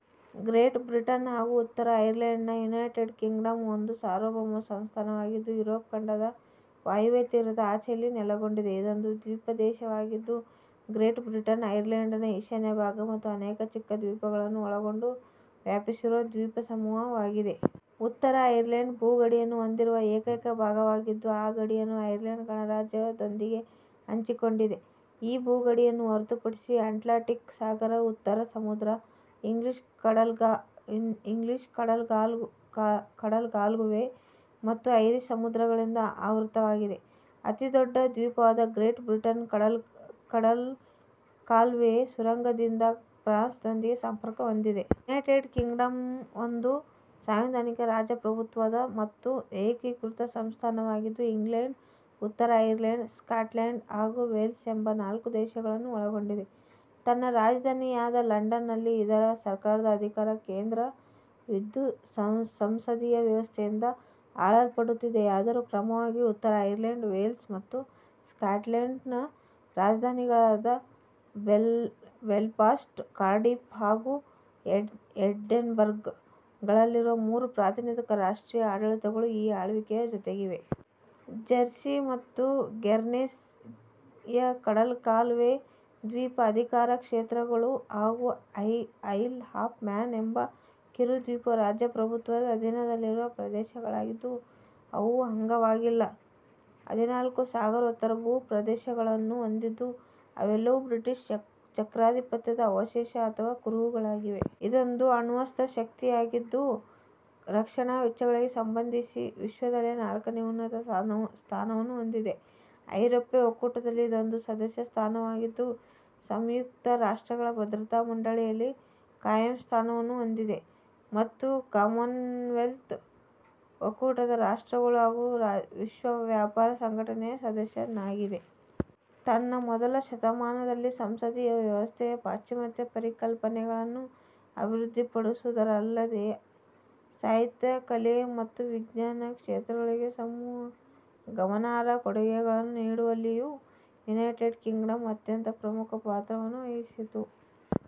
Great Britain ಹಾಗೂ ಉತ್ತರ ಐರ್ಲೆಂಡ್ನ ಯುನೈಟೆಡ್ ಕಿಂಗ್ಡಂ ಒಂದು ಸಾರ್ವಭೌಮ ಸಂಸ್ಥಾನ ವಾಗಿದ್ದು ಯುರೋಪ್ ಖಂಡದ ವಾಯುವ್ಯ ತೀರದ ಆಚೆಯಲ್ಲಿ ನೆಲೆಗೊಂಡಿದೆ. ಇದೊಂದು ದ್ವೀಪ ದೇಶ ವಾಗಿದ್ದು, ಗ್ರೇಟ್ ಬ್ರಿಟನ್, ಐರ್ಲೆಂಡ್ ನ ಈಶಾನ್ಯ ಭಾಗ ಮತ್ತು ಅನೇಕ ಚಿಕ್ಕ ದ್ವೀಪಗಳನ್ನು ಒಳಗೊಂಡು ವ್ಯಾಪಿಸಿರುವ ದ್ವೀಪಸಮೂಹ ವಾಗಿದೆ. ಉತ್ತರ ಐರ್ಲೆಂಡ್, ಭೂ ಗಡಿಯನ್ನು ಹೊಂದಿರುವ ಏಕೈಕ ಭಾಗವಾಗಿದ್ದು ಆ ಗಡಿಯನ್ನು ಐರ್ಲೆಂಡ್ ಗಣರಾಜ್ಯ ದೊಂದಿಗೆ ಹಂಚಿಕೊಂಡಿದೆ. ಈ ಭೂಗಡಿಯನ್ನು ಹೊರತುಪಡಿಸಿ ಅಟ್ಲಾಂಟಿಕ್ ಸಾಗರ, ಉತ್ತರ ಸಮುದ್ರ, ಇಂಗ್ಲಿಷ್ ಕಡಲ್ಗಾಲುವೆ ಮತ್ತು ಐರಿಷ್ ಸಮುದ್ರ ಗಳಿಂದ ಆವೃತವಾಗಿದೆ. ಅತಿದೊಡ್ಡ ದ್ವೀಪವಾದ ಗ್ರೇಟ್ ಬ್ರಿಟನ್, ಕಡಲ್ಗಾಲುವೆಯ ಸುರಂಗ ದಿಂದ ಫ್ರಾನ್ಸ್ ನೊಂದಿಗೆ ಸಂಪರ್ಕ ಹೊಂದಿದೆ. ಯುನೈಟೆಡ್ ಕಿಂಗ್ಡಂ ಒಂದು ಸಾಂವಿಧಾನಿಕ ರಾಜಪ್ರಭುತ್ವ ದ ಮತ್ತು ಏಕೀಕೃತ ಸಂಸ್ಥಾನ ವಾಗಿದ್ದು, ಇಂಗ್ಲೆಂಡ್, ಉತ್ತರ ಐರ್ಲೆಂಡ್, ಸ್ಕಾಟ್ಲೆಂಡ್ ಹಾಗೂ ವೇಲ್ಸ್ ಎಂಬ ನಾಲ್ಕು ದೇಶಗಳನ್ನು ಒಳಗೊಂಡಿದೆ. ತನ್ನ ರಾಜಧಾನಿ ಯಾದ ಲಂಡನ್ ನಲ್ಲಿ ಇದರ ಸರ್ಕಾರದ ಅಧಿಕಾರ ಕೇಂದ್ರ ವಿದ್ದು ಸಂಸದೀಯ ವ್ಯವಸ್ಥೆ ಯಿಂದ ಆಳಲ್ಪಡುತ್ತಿದೆಯಾದರೂ, ಕ್ರಮವಾಗಿ ಉತ್ತರ ಐರ್ಲೆಂಡ್, ವೇಲ್ಸ್ ಮತ್ತು ಸ್ಕಾಟ್ಲೆಂಡ್ನ ರಾಜಧಾನಿಗಳಾದ ಬೆಲ್ಫಾಸ್ಟ್, ಕಾರ್ಡಿಫ್ ಹಾಗೂ ಎಡಿನ್ಬರ್ಗ್ ಗಳಲ್ಲಿರುವ ಮೂರು ಪ್ರಾತಿನಿಧಿಕ ರಾಷ್ಟ್ರೀಯ ಆಡಳಿತಗಳೂ ಈ ಆಳ್ವಿಕೆಯ ಜೊತೆಗಿವೆ. ಜೆರ್ಸಿ ಮತ್ತು ಗೆರ್ನ್ಸೆ ಯ ಕಡಲ್ಗಾಲುವೆ ದ್ವೀಪ ಅಧಿಕಾರ ಕ್ಷೇತ್ರ ಗಳು ಹಾಗೂ ಐಲ್ ಆಫ್ ಮ್ಯಾನ್ ಎಂಬ ಕಿರುದ್ವೀಪವು ರಾಜಪ್ರಭುತ್ವದ ಅಧೀನದಲ್ಲಿರುವ ಪ್ರದೇಶ ಗಳಾಗಿದ್ದು, ಅವು ಅಂಗವಾಗಿಲ್ಲ. ಹದಿನಾಲ್ಕು ಸಾಗರೋತ್ತರ ಭೂ ಪ್ರದೇಶ ಗಳನ್ನು ಹೊಂದಿದ್ದು ಅವೆಲ್ಲವೂ ಬ್ರಿಟಿಷ್ ಚಕ್ರಾಧಿಪತ್ಯ ದ ಅವಶೇಷ ಅಥವಾ ಕುರುಹುಗಳಾಗಿವೆ. ಇದೊಂದು ಅಣ್ವಸ್ತ್ರ ಶಕ್ತಿ ಯಾಗಿದ್ದು, ರಕ್ಷಣಾ ವೆಚ್ಚ ಗಳಿಗೆ ಸಂಬಂಧಿಸಿ ವಿಶ್ವದಲ್ಲೇ ನಾಲ್ಕನೇ ಉನ್ನತ ಸ್ಥಾನವನ್ನು ಹೊಂದಿದೆ. ಐರೋಪ್ಯ ಒಕ್ಕೂಟ ದಲ್ಲಿ ಇದೊಂದು ಸದಸ್ಯ ಸಂಸ್ಥಾನ ವಾಗಿದ್ದು, ಸಂಯುಕ್ತ ರಾಷ್ಟ್ರಗಳ ಭದ್ರತಾ ಮಂಡಳಿ ಯಲ್ಲಿ ಖಾಯಂ ಸ್ಥಾನವನ್ನು ಹೊಂದಿದೆ, ಮತ್ತು ಕಾಮನ್ವೆಲ್ತ್ ಒಕ್ಕೂಟದ ರಾಷ್ಟ್ರಗಳು, ಹಾಗೂ ವಿಶ್ವ ವ್ಯಾಪಾರ ಸಂಘಟನೆ ಯ ಸದಸ್ಯನಾಗಿದೆ. ತನ್ನ ಮೊದಲ ಶತಮಾನದಲ್ಲಿ, ಸಂಸದೀಯ ವ್ಯವಸ್ಥೆ ಯ ಪಾಶ್ಚಿಮಾತ್ಯ ಪರಿಕಲ್ಪನೆಗಳನ್ನು ಅಭಿವೃದ್ಧಿಪಡಿಸುವುದರಲ್ಲಷ್ಟೇ ಅಲ್ಲದೇ, ಸಾಹಿತ್ಯ, ಕಲೆ ಮತ್ತು ವಿಜ್ಞಾನ ಕ್ಷೇತ್ರಗಳಿಗೆ ಗಮನಾರ್ಹ ಕೊಡುಗೆಗಳನ್ನು ನೀಡುವಲ್ಲಿಯೂ ಯುನೈಟೆಡ್ ಕಿಂಗ್ಡಂ ಅತ್ಯಂತ ಪ್ರಮುಖ ಪಾತ್ರವನ್ನು ವಹಿಸಿತು.